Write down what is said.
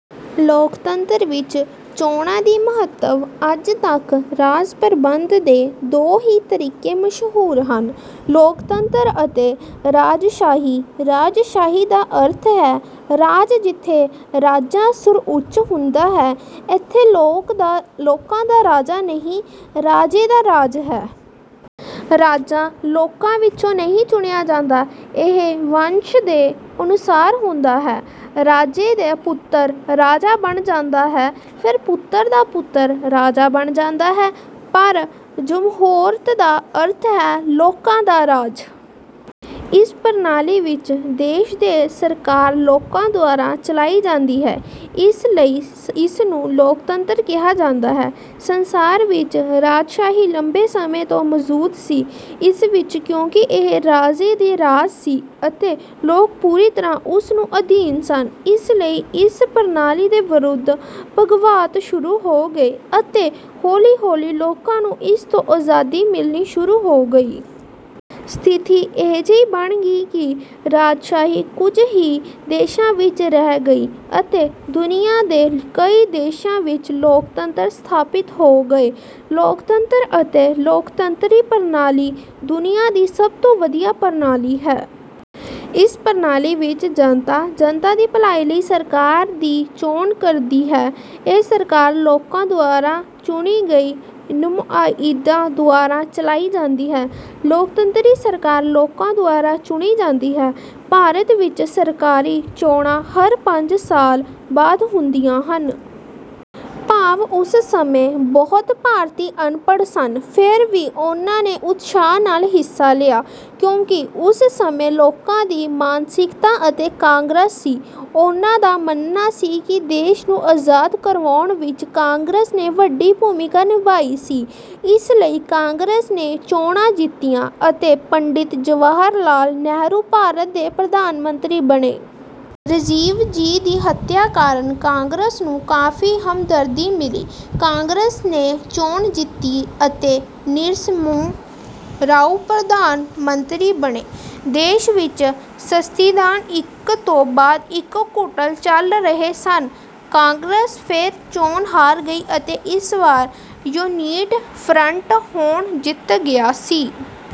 ਲੋਕਤੰਤਰ ਵਿੱਚ ਚੋਣਾਂ ਦਾ ਮਹੱਤਵ ਅੱਜ ਤੱਕ ਰਾਜ ਪ੍ਰਬੰਧ ਦੇ ਦੋ ਹੀ ਤਰੀਕੇ ਮਸ਼ਹੂਰ ਹਨ, ਲੋਕਤੰਤਰ ਅਤੇ ਰਾਜਸ਼ਾਹੀ। ਰਾਜਸ਼ਾਹੀ ਦਾ ਅਰਥ ਹੈ ਰਾਜ ਜਿੱਥੇ ਰਾਜਾ ਸਰਵਉੱਚ ਹੁੰਦਾ ਹੈ। ਇੱਥੇ ਲੋਕਾਂ ਦਾ ਰਾਜ ਨਹੀਂ, ਰਾਜੇ ਦਾ ਰਾਜ ਹੈ। ਰਾਜਾ ਲੋਕਾਂ ਵਿੱਚੋਂ ਨਹੀਂ ਚੁਣਿਆ ਜਾਂਦਾ। ਇਹ ਵੰਸ਼ ਦੇ ਅਨੁਸਾਰ ਹੁੰਦਾ ਹੈ। ਰਾਜੇ ਦਾ ਪੁੱਤਰ ਰਾਜਾ ਬਣ ਜਾਂਦਾ ਹੈ, ਫਿਰ ਪੁੱਤਰ ਦਾ ਪੁੱਤਰ ਰਾਜਾ ਬਣ ਜਾਂਦਾ ਹੈ, ਪਰ ਜਮਹੂਰੀਅਤ ਦਾ ਅਰਥ ਹੈ ਲੋਕਾਂ ਦਾ ਰਾਜ। ਇਸ ਪ੍ਰਣਾਲੀ ਵਿੱਚ ਦੇਸ਼ ਦੀ ਸਰਕਾਰ ਲੋਕਾਂ ਦੁਆਰਾ ਚਲਾਈ ਜਾਂਦੀ ਹੈ, ਇਸ ਲਈ ਇਸਨੂੰ ਲੋਕਤੰਤਰ ਕਿਹਾ ਜਾਂਦਾ ਹੈ। ਸੰਸਾਰ ਵਿੱਚ ਰਾਜਸ਼ਾਹੀ ਲੰਬੇ ਸਮੇਂ ਤੋਂ ਮੌਜੂਦ ਸੀ। ਇਸ ਵਿਚ ਕਿਉਂਕਿ ਇਹ ਰਾਜੇ ਦਾ ਰਾਜ ਸੀ ਅਤੇ ਲੋਕ ਪੂਰੀ ਤਰ੍ਹਾਂ ਉਸ ਦੇ ਅਧੀਨ ਸਨ, ਇਸ ਲਈ ਇਸ ਪ੍ਰਣਾਲੀ ਦੇ ਵਿਰੁੱਧ ਬਗਾਵਤ ਸ਼ੁਰੂ ਹੋ ਗਈ ਅਤੇ ਹੌਲੀ-ਹੌਲੀ ਲੋਕਾਂ ਨੂੰ ਇਸ ਤੋਂ ਆਜ਼ਾਦੀ ਮਿਲਣੀ ਸ਼ੁਰੂ ਹੋ ਗਈ। ਸਥਿਤੀ ਅਜਿਹੀ ਬਣ ਗਈ ਕਿ ਰਾਜਸ਼ਾਹੀ ਕੁਝ ਹੀ ਦੇਸ਼ਾਂ ਵਿਚ ਰਹਿ ਗਈ ਅਤੇ ਦੁਨੀਆ ਦੇ ਕਈ ਦੇਸ਼ਾਂ ਵਿਚ ਲੋਕਤੰਤਰ ਸਥਾਪਿਤ ਹੋ ਗਿਆ। ਲੋਕਤੰਤਰ ਅਤੇ ਲੋਕਤੰਤਰੀ ਪ੍ਰਣਾਲੀ ਦੁਨੀਆਂ ਦੀ ਸਭ ਤੋਂ ਵਧੀਆ ਪ੍ਰਣਾਲੀ ਹੈ। ਇਸ ਪ੍ਰਣਾਲੀ ਵਿੱਚ, ਜਨਤਾ, ਜਨਤਾ ਦੇ ਭਲੇ ਲਈ ਸਰਕਾਰ ਦੀ ਚੋਣ ਕਰਦੀ ਹੈ। ਇਹ ਸਰਕਾਰ ਲੋਕਾਂ ਦੁਆਰਾ ਚੁਣੇ ਗਏ ਨੁਮਾਇੰਦਿਆਂ ਦੁਆਰਾ ਚਲਾਈ ਜਾਂਦੀ ਹੈ। ਲੋਕਤੰਤਰੀ ਸਰਕਾਰ ਲੋਕਾਂ ਦੁਆਰਾ ਚੁਣੀ ਜਾਂਦੀ ਹੈ। ਭਾਰਤ ਵਿੱਚ ਸਰਕਾਰੀ ਚੋਣਾਂ ਹਰ ਪੰਜ ਸਾਲ ਬਾਅਦ ਹੁੰਦੀਆਂ ਹਨ। ਭਾਵੇਂ ਉਸ ਸਮੇਂ ਬਹੁਤੇ ਭਾਰਤੀ ਅਨਪੜ੍ਹ ਸਨ, ਫਿਰ ਵੀ ਉਨ੍ਹਾਂ ਨੇ ਉਤਸ਼ਾਹ ਨਾਲ ਹਿੱਸਾ ਲਿਆ। ਕਿਉਂਕਿ ਉਸ ਸਮੇਂ ਲੋਕਾਂ ਦੀ ਮਾਨਸਿਕਤਾ ਵਿੱਚ ਕਾਂਗਰਸ ਸੀ। ਉਨ੍ਹਾਂ ਦਾ ਮੰਨਣਾ ਸੀ ਕਿ ਦੇਸ਼ ਨੂੰ ਆਜ਼ਾਦ ਕਰਵਾਉਣ ਵਿੱਚ ਕਾਂਗਰਸ ਨੇ ਵੱਡੀ ਭੂਮਿਕਾ ਨਿਭਾਈ ਸੀ, ਇਸ ਲਈ ਕਾਂਗਰਸ ਨੇ ਚੋਣਾਂ ਜਿੱਤੀਆਂ ਅਤੇ ਪੰਡਿਤ ਜਵਾਹਰ ਲਾਲ ਨਹਿਰੂ ਭਾਰਤ ਦੇ ਪ੍ਰਧਾਨ ਮੰਤਰੀ ਬਣੇ। ਰਾਜੀਵ ਜੀ ਦੀ ਹੱਤਿਆ ਕਾਰਨ ਕਾਂਗਰਸ ਨੂੰ ਕਾਫੀ ਹਮਦਰਦੀ ਮਿਲੀ। ਕਾਂਗਰਸ ਨੇ ਚੋਣ ਜਿੱਤੀ ਅਤੇ ਨਰਸਿਮਹਾ ਰਾਓ ਪ੍ਰਧਾਨ ਮੰਤਰੀ ਬਣੇ। ਦੇਸ਼ ਵਿੱਚ ਸਿਆਸਤਦਾਨ ਇੱਕ ਤੋਂ ਬਾਅਦ ਇੱਕ ਘੁਟਾਲੇ ਚਲਾ ਰਹੇ ਸਨ। ਕਾਂਗਰਸ ਫਿਰ ਚੋਣ ਹਾਰ ਗਈ ਅਤੇ ਇਸ ਵਾਰ ਯੂਨਾਈਟਿਡ ਫਰੰਟ ਚੋਣ ਜਿੱਤ ਗਿਆ।